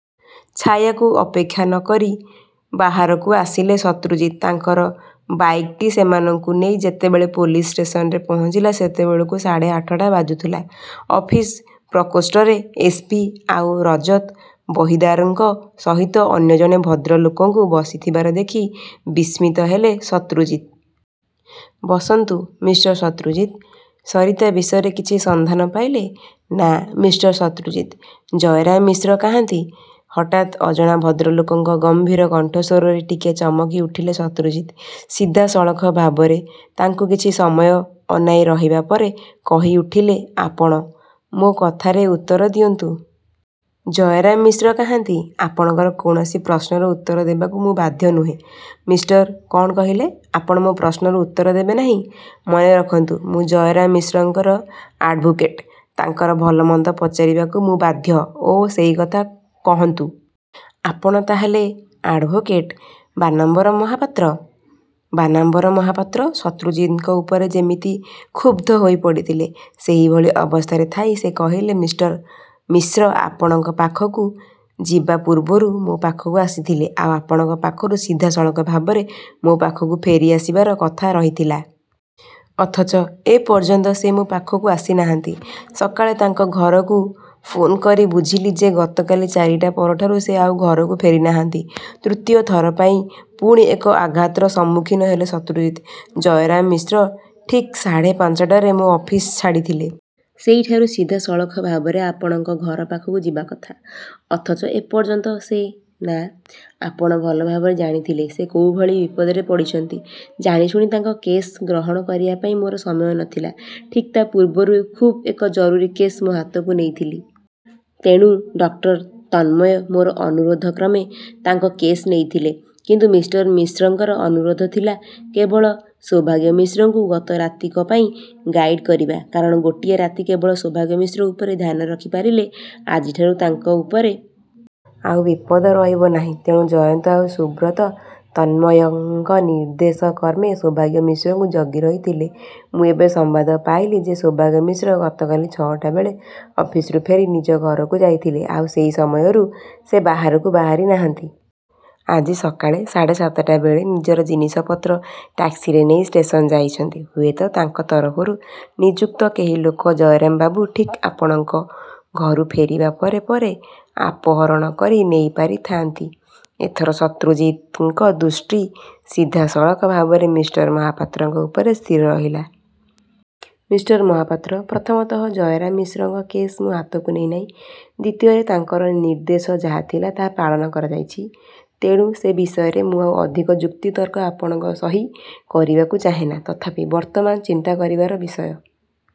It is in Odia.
ଛାୟାକୁ ଅପେକ୍ଷା ନ କରି ବାହାରକୁ ଆସିଲେ ଶତ୍ରୁଜିତ୍। ତାଙ୍କର ବାଇକ୍ଟି ସେମାନଙ୍କୁ ନେଇ ଯେତେବେଳେ ପୋଲିସ୍ ଷ୍ଟେସନରେ ପହଞ୍ଚିଲା, ସେତେବେଳକୁ ସାଢ଼େ ଆଠଟା ବାଜୁଥିଲା। ଅଫିସ ପ୍ରକୋଷ୍ଠରେ ଏସ. ପି. ଆଉ ରଜତ ବହିଦାରଙ୍କ ସହିତ ଅନ୍ୟ ଜଣେ ଭଦ୍ରଲୋକଙ୍କୁ ବସିଥିବାର ଦେଖି ବିସ୍ମିତ ହେଲେ ଶତ୍ରୁଜିତ୍। ବସନ୍ତୁ ମିଷ୍ଟର ଶତ୍ରୁଜିତ୍! ସରିତା ବିଷୟରେ କିଛି ସନ୍ଧାନ ପାଇଲେ? ନା। ମିଷ୍ଟର ଶତ୍ରୁଜିତ୍! ଜୟରାମ ମିଶ୍ର କାହାନ୍ତି? ହଠାତ୍ ଅଜଣା ଭଦ୍ରଲୋକଙ୍କ ଗମ୍ଭୀର କଣ୍ଠସ୍ୱରରେ ଟିକିଏ ଚମକିଉଠିଲେ ଶତ୍ରୁଜିତ୍। ସିଧାସଳଖ ଭାବରେ ତାଙ୍କୁ କିଛି ସମୟ ଅନାଇ ରହିବା ପରେ କହିଉଠିଲେଆପଣ? ମୋ କଥାରେ ଉତ୍ତର ଦିଅନ୍ତୁ! ଜୟରାମ ମିଶ୍ର କାହାନ୍ତି? ଆପଣଙ୍କର କୌଣସି ପ୍ରଶ୍ନର ଉତ୍ତର ଦେବାକୁ ମୁଁ ବାଧ୍ୟ ନୁହେଁ, ମିଷ୍ଟର କ'ଣ କହିଲେ, ଆପଣ ମୋ ପ୍ରଶ୍ନର ଉତ୍ତର ଦେବେ ନାହିଁ? ମନେରଖନ୍ତୁ ମୁଁ ଜୟରାମ ମିଶ୍ରଙ୍କର ଆଡ୍ଭୋକେଟ। ତାଙ୍କର ଭଲମନ୍ଦ ପଚାରିବାକୁ ମୁଁ ବାଧ୍ୟ ଓ! ସେଇକଥା କହନ୍ତୁ। ଆପଣ ତା'ହେଲେ ଆଡ୍ଭୋକେଟ ବାନାମ୍ବର ମହାପାତ୍ର? ବାନାମ୍ବର ମହାପାତ୍ର ଶତ୍ରୁଜିତଙ୍କ ଉପରେ ଯେମିତି କ୍ଷୁବ୍ଧ ହୋଇପଡ଼ିଥିଲେ। ସେହିଭଳି ଅବସ୍ଥାରେ ଥାଇ ସେ କହିଲେ-ମିଷ୍ଟର ମିଶ୍ର ଆପଣଙ୍କ ପାଖକୁ ଯିବା ପୂର୍ବରୁ ମୋ ପାଖକୁ ଆସିଥିଲେ, ଆଉ ଆପଣଙ୍କ ପାଖରୁ ସିଧାସଳଖ ଭାବରେ ମୋ ପାଖକୁ ଫେରିଆସିବାର କଥା ରହିଥିଲା। ଅଥଚ ଏପର୍ଯ୍ୟନ୍ତ ସେ ମୋ ପାଖକୁ ଆସିନାହାନ୍ତି। ସକାଳେ ତାଙ୍କ ଘରକୁ ଫୋନ୍କରି ବୁଝିଲି ଯେ ଗତକାଲି ଚାରିଟା ପରଠାରୁ ସେ ଆଉ ଘରକୁ ଫେରିନାହାନ୍ତି। ତୃତୀୟ ଥର ପାଇଁ ପୁଣି ଏକ ଆଘାତର ସମ୍ମୁଖୀନ ହେଲେ ଶତ୍ରୁଜିତ୍। ଜୟରାମ ମିଶ୍ର ଠିକ୍ ସାଢ଼େ ପାଞ୍ଚଟାରେ ମୋ ଅଫିସ ଛାଡ଼ିଥିଲେ। ସେଇଠାରୁ ସିଧାସଳଖ ଭାବରେ ଆପଣଙ୍କ ଘର ପାଖକୁ ଯିବା କଥା ଅଥଚ ଏପର୍ଯ୍ୟନ୍ତ ସେ ନା। ଆପଣ ଭଲ ଭାବରେ ଜାଣିଥିଲେ ସେ କୋଉଭଳି ବିପଦରେ ପଡ଼ିଛନ୍ତି। ଜାଣିଶୁଣି ତାଙ୍କ କେସ୍ ଗ୍ରହଣ କରିବାପାଇଁ ମୋର ସମୟ ନ ଥିଲା। ଠିକ୍ ତା ପୂର୍ବରୁ ଖୁବ୍ ଏକ ଜରୁରୀ କେସ୍ ମୋ ହାତକୁ ନେଇଥିଲି। ତେଣୁ ଡକ୍ଟର ତନ୍ମୟ ମୋର ଅନୁରୋଧକ୍ରମେ ତାଙ୍କ କେସ୍ ନେଇଥିଲେ। କିନ୍ତୁ ମିଷ୍ଟର ମିଶ୍ରଙ୍କର ଅନୁରୋଧ ଥିଲା କେବଳ ସୌଭାଗ୍ୟ ମିଶ୍ରଙ୍କୁ ଗତ ରାତିକ ପାଇଁ ଗାଇଡ୍ କରିବା। କାରଣ ଗୋଟିଏ ରାତି କେବଳ ସୌଭାଗ୍ୟ ମିଶ୍ର ଉପରେ ଧ୍ୟାନ ରଖିପାରିଲେ ଆଜିଠାରୁ ତାଙ୍କ ଉପରେ। ଆଉ ବିପଦ ରହିବ ନାହିଁ। ତେଣୁ ଜୟନ୍ତ ଆଉ ସୁବ୍ରତ ତନ୍ମୟଙ୍କ ନିର୍ଦ୍ଦେଶକ୍ରମେ ସୌଭାଗ୍ୟ ମିଶ୍ରଙ୍କୁ ଜଗିରହିଥିଲେ। ମୁଁ ଏବେ ସମ୍ବାଦ ପାଇଲି ଯେ ସୌଭାଗ୍ୟ ମିଶ୍ର ଗତକାଲି ଛଅଟାବେଳେ ଅଫିସରୁ ଫେରି ନିଜ ଘରକୁ ଯାଇଥିଲେ, ଆଉ ସେଇ ସମୟରୁ ସେ ବାହାରକୁ ବାହାରିନାହାନ୍ତି। ଆଜି ସକାଳେ ସାଢ଼େ ସାତଟା ବେଳେ ନିଜର ଜିନିଷପତ୍ର ଟ୍ୟାକ୍ସିରେ ନେଇ ଷ୍ଟେସନ ଯାଇଛନ୍ତି। ହୁଏତ ତାଙ୍କ ତରଫରୁ ନିଯୁକ୍ତ କେହି ଲୋକ ଜୟରାମବାବୁ ଠିକ୍ ଆପଣଙ୍କ ଘରୁ ଫେରିବା ପରେ ପରେ ଆପହରଣ କରି ନେଇ ପାରିଥାଆନ୍ତି? ଏଥର ଶତ୍ରୁଜିତଙ୍କ ଦୃଷ୍ଟି ସିଧାସଳଖ ଭାବରେ ମିଷ୍ଟର ମହାପାତ୍ରଙ୍କ ଉପରେ ସ୍ଥିର ରହିଲା। ମିଷ୍ଟର ମହାପାତ୍ର! ପ୍ରଥମତଃ ଜୟରାମ ମିଶ୍ରଙ୍କ କେସ୍ ମୁଁ ହାତକୁ ନେଇନାହିଁ। ଦ୍ୱିତୀୟରେ, ତାଙ୍କର ନିର୍ଦ୍ଦେଶ ଯାହା ଥିଲା ତାହା ପାଳନ କରାଯାଇଛି। ତେଣୁ ସେ ବିଷୟରେ ମୁଁ ଆଉ ଅଧିକ ଯୁକ୍ତିତର୍କ ଆପଣଙ୍କ ସହି କରିବାକୁ ଚାହେନା। ତଥାପି ବର୍ତ୍ତମାନ ଚିନ୍ତା କରିବାର ବିଷୟ